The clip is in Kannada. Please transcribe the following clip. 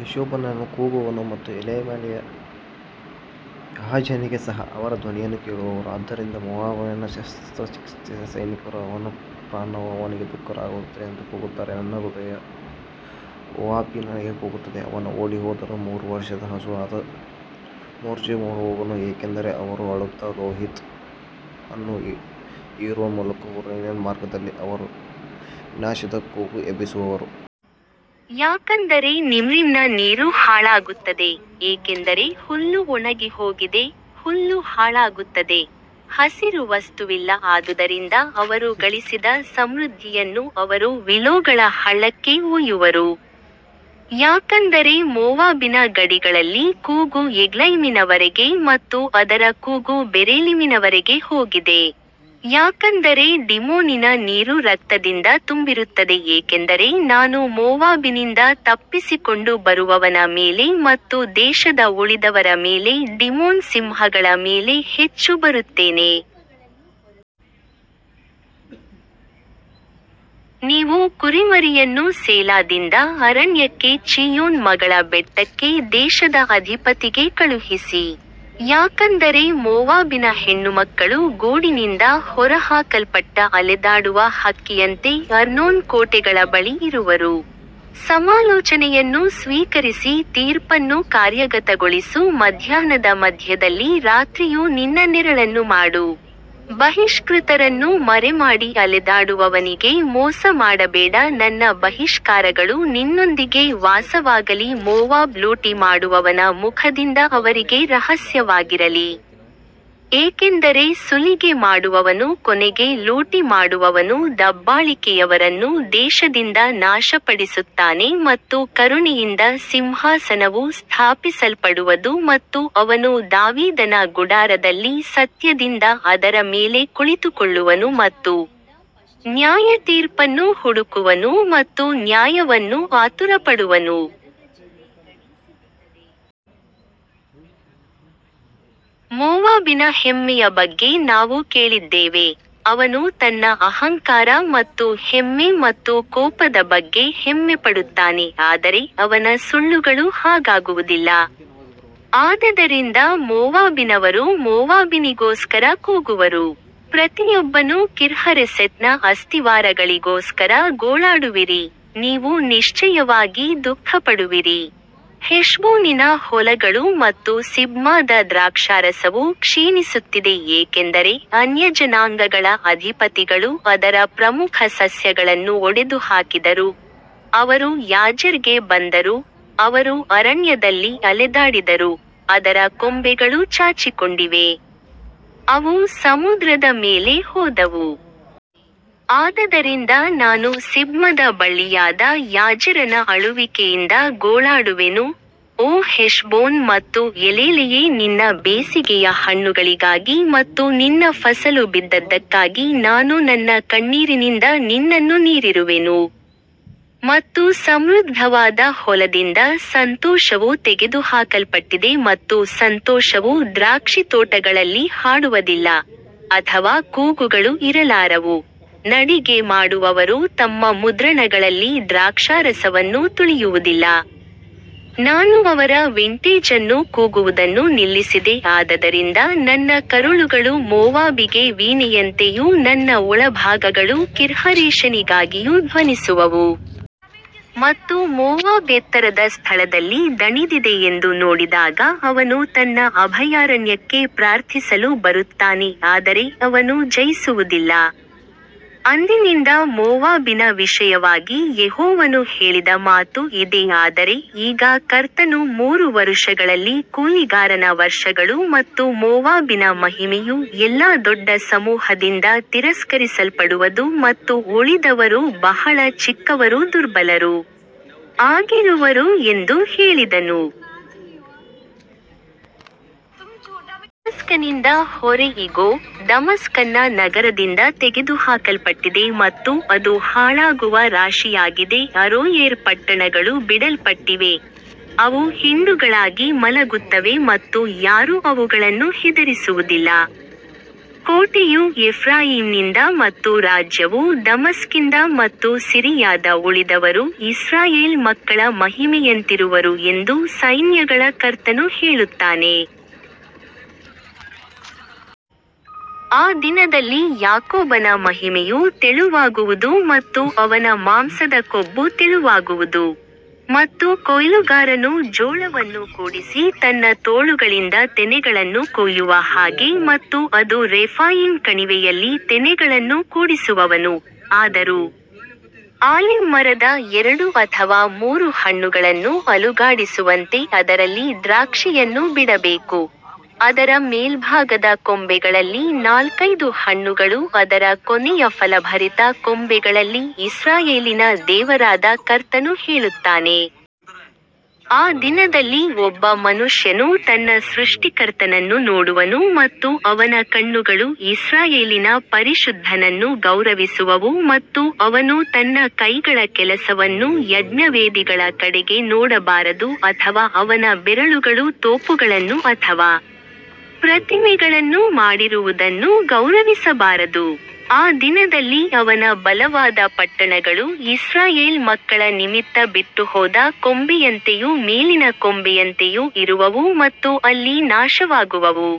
ಹೆಷ್ಬೋನನು ಕೂಗುವನು ಮತ್ತು ಎಲೆಯಾಲೆಯು ಯಹಾಜನಿಗೆ ಸಹ ಅವರ ಧ್ವನಿಯನ್ನು ಕೇಳುವರು, ಆದ್ದರಿಂದ ಮೋವಾಬಿನ ಶಸ್ತ್ರಸಜ್ಜಿತ ಸೈನಿಕರು ಅವನ ಪ್ರಾಣವು ಅವನಿಗೆ ದುಃಖಕರವಾಗಿದೆ ಎಂದು ಕೂಗುತ್ತಾರೆ. ನನ್ನ ಹೃದಯವು ಮೋವಾಬಿಗಾಗಿ ಕೂಗುತ್ತದೆ, ಅವನ ಓಡಿಹೋದವರು ಮೂರು ವರ್ಷದ ಹಸುವಾದ ಜೋರ್ಗೆ ಓಡಿಹೋಗುವರು, ಏಕೆಂದರೆ ಅವರು ಅಳುತ್ತಾ ಲುಹಿತ್ ಅನ್ನು ಏರುವ ಮೂಲಕ ಹೊರನಯಿಮ್ ಮಾರ್ಗದಲ್ಲಿ ಅವರು ವಿನಾಶದ ಕೂಗು ಎಬ್ಬಿಸುವರು. ಯಾಕಂದರೆ ನಿಮ್ರಿಮ್ನ ನೀರು ಹಾಳಾಗುತ್ತದೆ, ಏಕೆಂದರೆ ಹುಲ್ಲು ಒಣಗಿಹೋಗಿದೆ, ಹುಲ್ಲು ಹಾಳಾಗುತ್ತದೆ, ಹಸಿರು ವಸ್ತುವಿಲ್ಲ ಆದುದರಿಂದ ಅವರು ಗಳಿಸಿದ ಸಮೃದ್ಧಿಯನ್ನು ಅವರು ವಿಲೋಗಳ ಹಳ್ಳಕ್ಕೆ ಒಯ್ಯುವರು. ಯಾಕಂದರೆ ಮೋವಾಬಿನ ಗಡಿಗಳಲ್ಲಿ ಕೂಗು ಎಗ್ಲೈಮಿನ ವರೆಗೆ ಮತ್ತು ಅದರ ಕೂಗು ಬೆರೇಲಿಮಿನವರೆಗೆ ಹೋಗಿದೆ. ಯಾಕಂದರೆ ಡಿಮೋನಿನ ನೀರು ರಕ್ತದಿಂದ ತುಂಬಿರುತ್ತದೆ ಏಕೆಂದರೆ ನಾನು ಮೋವಾಬಿನಿಂದ ತಪ್ಪಿಸಿಕೊಂಡು ಬರುವವನ ಮೇಲೆ ಮತ್ತು ದೇಶದ ಉಳಿದವರ ಮೇಲೆ ಡಿಮೋನ್ ಸಿಂಹಗಳ ಮೇಲೆ ಹೆಚ್ಚು ಬರುತ್ತೇನೆ. ನೀವು ಕುರಿಮರಿಯನ್ನು ಸೇಲಾದಿಂದ ಅರಣ್ಯಕ್ಕೆ ಚೀಯೋನ್ ಮಗಳ ಬೆಟ್ಟಕ್ಕೆ ದೇಶದ ಅಧಿಪತಿಗೆ ಕಳುಹಿಸಿ. ಯಾಕಂದರೆ ಮೋವಾಬಿನ ಹೆಣ್ಣುಮಕ್ಕಳು ಗೂಡಿನಿಂದ ಹೊರಹಾಕಲ್ಪಟ್ಟ ಅಲೆದಾಡುವ ಹಕ್ಕಿಯಂತೆ ಅರ್ನೋನ್ ಕೋಟೆಗಳ ಬಳಿ ಇರುವರು. ಸಮಾಲೋಚನೆಯನ್ನು ಸ್ವೀಕರಿಸಿ ತೀರ್ಪನ್ನು ಕಾರ್ಯಗತಗೊಳಿಸು ಮಧ್ಯಾಹ್ನದ ಮಧ್ಯದಲ್ಲಿ ರಾತ್ರಿಯು ನಿನ್ನ ನೆರಳನ್ನು ಮಾಡು, ಬಹಿಷ್ಕೃತರನ್ನು ಮರೆಮಾಡಿ ಅಲೆದಾಡುವವನಿಗೆ ಮೋಸ ಮಾಡಬೇಡ ನನ್ನ ಬಹಿಷ್ಕಾರಗಳು ನಿನ್ನೊಂದಿಗೆ ವಾಸವಾಗಲಿ ಮೋವಾಬ್ ಲೂಟಿ ಮಾಡುವವನ ಮುಖದಿಂದ ಅವರಿಗೆ ರಹಸ್ಯವಾಗಿರಲಿ, ಏಕೆಂದರೆ ಸುಲಿಗೆ ಮಾಡುವವನು ಕೊನೆಗೆ ಲೂಟಿ ಮಾಡುವವನು ದಬ್ಬಾಳಿಕೆಯವರನ್ನು ದೇಶದಿಂದ ನಾಶಪಡಿಸುತ್ತಾನೆ ಮತ್ತು ಕರುಣೆಯಿಂದ ಸಿಂಹಾಸನವು ಸ್ಥಾಪಿಸಲ್ಪಡುವದು ಮತ್ತು ಅವನು ದಾವೀದನ ಗುಡಾರದಲ್ಲಿ ಸತ್ಯದಿಂದ ಅದರ ಮೇಲೆ ಕುಳಿತುಕೊಳ್ಳುವನು ಮತ್ತು ನ್ಯಾಯತೀರ್ಪನ್ನು ಹುಡುಕುವನು ಮತ್ತು ನ್ಯಾಯವನ್ನು ಆತುರಪಡುವನು. ಮೋವಾಬಿನ ಹೆಮ್ಮೆಯ ಬಗ್ಗೆ ನಾವು ಕೇಳಿದ್ದೇವೆ, ಅವನು ತನ್ನ ಅಹಂಕಾರ ಮತ್ತು ಹೆಮ್ಮೆ ಮತ್ತು ಕೋಪದ ಬಗ್ಗೆ ಹೆಮ್ಮೆಪಡುತ್ತಾನೆ ಆದರೆ ಅವನ ಸುಳ್ಳುಗಳು ಹಾಗಾಗುವುದಿಲ್ಲ. ಆದದರಿಂದ ಮೋವಾಬಿನವರು ಮೋವಾಬಿನಿಗೋಸ್ಕರ ಕೂಗುವರು, ಪ್ರತಿಯೊಬ್ಬನು ಕಿರ್ಹರೆಸೆತ್ನ ಅಸ್ತಿವಾರಗಳಿಗೋಸ್ಕರ ಗೋಳಾಡುವಿರಿ, ನೀವು ನಿಶ್ಚಯವಾಗಿ ದುಃಖಪಡುವಿರಿ. ಹೆಷ್ಬೋನಿನ ಹೊಲಗಳು ಮತ್ತು ಸಿಬ್ಮಾದ ದ್ರಾಕ್ಷಾರಸವು ಕ್ಷೀಣಿಸುತ್ತಿದೆ ಏಕೆಂದರೆ ಅನ್ಯಜನಾಂಗಗಳ ಅಧಿಪತಿಗಳು ಅದರ ಪ್ರಮುಖ ಸಸ್ಯಗಳನ್ನು ಒಡೆದುಹಾಕಿದರು, ಅವರು ಯಾಜೆರ್ಗೆ ಬಂದರು, ಅವರು ಅರಣ್ಯದಲ್ಲಿ ಅಲೆದಾಡಿದರು, ಅದರ ಕೊಂಬೆಗಳು ಚಾಚಿಕೊಂಡಿವೆ, ಅವು ಸಮುದ್ರದ ಮೇಲೆ ಹೋದವು. ಆದದರಿಂದ ನಾನು ಸಿಬ್ಮದ ಬಳ್ಳಿಯಾದ ಯಾಜೆರನ ಅಳುವಿಕೆಯಿಂದ ಗೋಳಾಡುವೆನು, ಓ ಹೆಷ್ಬೋನ್ ಮತ್ತು ಎಲೇಲೆಯೇ ನಿನ್ನ ಬೇಸಿಗೆಯ ಹಣ್ಣುಗಳಿಗಾಗಿ ಮತ್ತು ನಿನ್ನ ಫಸಲು ಬಿದ್ದದ್ದಕ್ಕಾಗಿ ನಾನು ನನ್ನ ಕಣ್ಣೀರಿನಿಂದ ನಿನ್ನನ್ನು ನೀರಿರುವೆನು. ಮತ್ತು ಸಮೃದ್ಧವಾದ ಹೊಲದಿಂದ ಸಂತೋಷವು ತೆಗೆದುಹಾಕಲ್ಪಟ್ಟಿದೆ ಮತ್ತು ಸಂತೋಷವು ದ್ರಾಕ್ಷಿತೋಟಗಳಲ್ಲಿ ಹಾಡುವದಿಲ್ಲ, ಅಥವಾ ಕೂಗುಗಳು ಇರಲಾರವು, ನಡಿಗೆ ಮಾಡುವವರು ತಮ್ಮ ಮುದ್ರಣಗಳಲ್ಲಿ ದ್ರಾಕ್ಷಾರಸವನ್ನು ತುಳಿಯುವುದಿಲ್ಲ, ನಾನು ಅವರ ವಿಂಟೇಜ್ ಅನ್ನು ಕೂಗುವುದನ್ನು ನಿಲ್ಲಿಸಿದೆ ಆದದರಿಂದ ನನ್ನ ಕರುಳುಗಳು ಮೋವಾಬಿಗೆ ವೀಣೆಯಂತೆಯೂ ನನ್ನ ಒಳಭಾಗಗಳು ಕಿರ್ಹರೇಷನಿಗಾಗಿಯೂ ಧ್ವನಿಸುವವು. ಮತ್ತು ಮೋವಾಬ್ ಎತ್ತರದ ಸ್ಥಳದಲ್ಲಿ ದಣಿದಿದೆ ಎಂದು ನೋಡಿದಾಗ ಅವನು ತನ್ನ ಅಭಯಾರಣ್ಯಕ್ಕೆ ಪ್ರಾರ್ಥಿಸಲು ಬರುತ್ತಾನೆ ಆದರೆ ಅವನು ಜಯಿಸುವುದಿಲ್ಲ. ಅಂದಿನಿಂದ ಮೋವಾಬಿನ ವಿಷಯವಾಗಿ ಯೆಹೋವನು ಹೇಳಿದ ಮಾತು ಇದೇ ಆದರೆ ಈಗ ಕರ್ತನು ಮೂರು ವರುಷಗಳಲ್ಲಿ ಕೂಲಿಗಾರನ ವರ್ಷಗಳು ಮತ್ತು ಮೋವಾಬಿನ ಮಹಿಮೆಯು ಎಲ್ಲಾ ದೊಡ್ಡ ಸಮೂಹದಿಂದ ತಿರಸ್ಕರಿಸಲ್ಪಡುವದು ಮತ್ತು ಉಳಿದವರು ಬಹಳ ಚಿಕ್ಕವರೂ ದುರ್ಬಲರೂ ಆಗಿರುವರು ಎಂದು ಹೇಳಿದನು. ದಮಸ್ಕನಿಂದ ಹೊರೆ ಇಗೋ, ದಮಸ್ಕನ್ನ ನಗರದಿಂದ ತೆಗೆದುಹಾಕಲ್ಪಟ್ಟಿದೆ ಮತ್ತು ಅದು ಹಾಳಾಗುವ ರಾಶಿಯಾಗಿದೆ ಅರೋಯೇರ್ ಪಟ್ಟಣಗಳು ಬಿಡಲ್ಪಟ್ಟಿವೆ, ಅವು ಹಿಂಡುಗಳಾಗಿ ಮಲಗುತ್ತವೆ ಮತ್ತು ಯಾರೂ ಅವುಗಳನ್ನು ಹೆದರಿಸುವುದಿಲ್ಲ. ಕೋಟೆಯು ಎಫ್ರಾಯೀಮ್ನಿಂದ ಮತ್ತು ರಾಜ್ಯವು ದಮಸ್ಕಿಂದ ಮತ್ತು ಸಿರಿಯಾದ ಉಳಿದವರು ಇಸ್ರಾಯೇಲ್ ಮಕ್ಕಳ ಮಹಿಮೆಯಂತಿರುವರು ಎಂದು ಸೈನ್ಯಗಳ ಕರ್ತನು ಹೇಳುತ್ತಾನೆ. ಆ ದಿನದಲ್ಲಿ ಯಾಕೋಬನ ಮಹಿಮೆಯು ತೆಳುವಾಗುವುದು ಮತ್ತು ಅವನ ಮಾಂಸದ ಕೊಬ್ಬು ತೆಳುವಾಗುವುದು. ಮತ್ತು ಕೊಯ್ಲುಗಾರನು ಜೋಳವನ್ನು ಕೂಡಿಸಿ ತನ್ನ ತೋಳುಗಳಿಂದ ತೆನೆಗಳನ್ನು ಕೊಯ್ಯುವ ಹಾಗೆ ಮತ್ತು ಅದು ರೆಫಾಯೀಮ್ ಕಣಿವೆಯಲ್ಲಿ ತೆನೆಗಳನ್ನು ಕೂಡಿಸುವವನು. ಆದರೂ, ಆಲಿವ್ ಮರದ ಎರಡು ಅಥವಾ ಮೂರು ಹಣ್ಣುಗಳನ್ನು ಅಲುಗಾಡಿಸುವಂತೆ ಅದರಲ್ಲಿ ದ್ರಾಕ್ಷಿಯನ್ನು ಬಿಡಬೇಕು, ಅದರ ಮೇಲ್ಭಾಗದ ಕೊಂಬೆಗಳಲ್ಲಿ ನಾಲ್ಕೈದು ಹಣ್ಣುಗಳು ಅದರ ಕೊನೆಯ ಫಲಭರಿತ ಕೊಂಬೆಗಳಲ್ಲಿ ಇಸ್ರಾಯೇಲಿನ ದೇವರಾದ ಕರ್ತನು ಹೇಳುತ್ತಾನೆ. ಆ ದಿನದಲ್ಲಿ ಒಬ್ಬ ಮನುಷ್ಯನು ತನ್ನ ಸೃಷ್ಟಿಕರ್ತನನ್ನು ನೋಡುವನು ಮತ್ತು ಅವನ ಕಣ್ಣುಗಳು ಇಸ್ರಾಯೇಲಿನ ಪರಿಶುದ್ಧನನ್ನು ಗೌರವಿಸುವವು ಮತ್ತು ಅವನು ತನ್ನ ಕೈಗಳ ಕೆಲಸವನ್ನು ಯಜ್ಞವೇದಿಗಳ ಕಡೆಗೆ ನೋಡಬಾರದು ಅಥವಾ ಅವನ ಬೆರಳುಗಳು ತೋಪುಗಳನ್ನು ಅಥವಾ ಪ್ರತಿಮೆಗಳನ್ನು ಮಾಡಿರುವುದನ್ನು ಗೌರವಿಸಬಾರದು. ಆ ದಿನದಲ್ಲಿ ಅವನ ಬಲವಾದ ಪಟ್ಟಣಗಳು ಇಸ್ರಾಯೇಲ್ ಮಕ್ಕಳ ನಿಮಿತ್ತ ಬಿಟ್ಟುಹೋದ ಕೊಂಬೆಯಂತೆಯೂ ಮೇಲಿನ ಕೊಂಬೆಯಂತೆಯೂ ಇರುವವು ಮತ್ತು ಅಲ್ಲಿ ನಾಶವಾಗುವವು.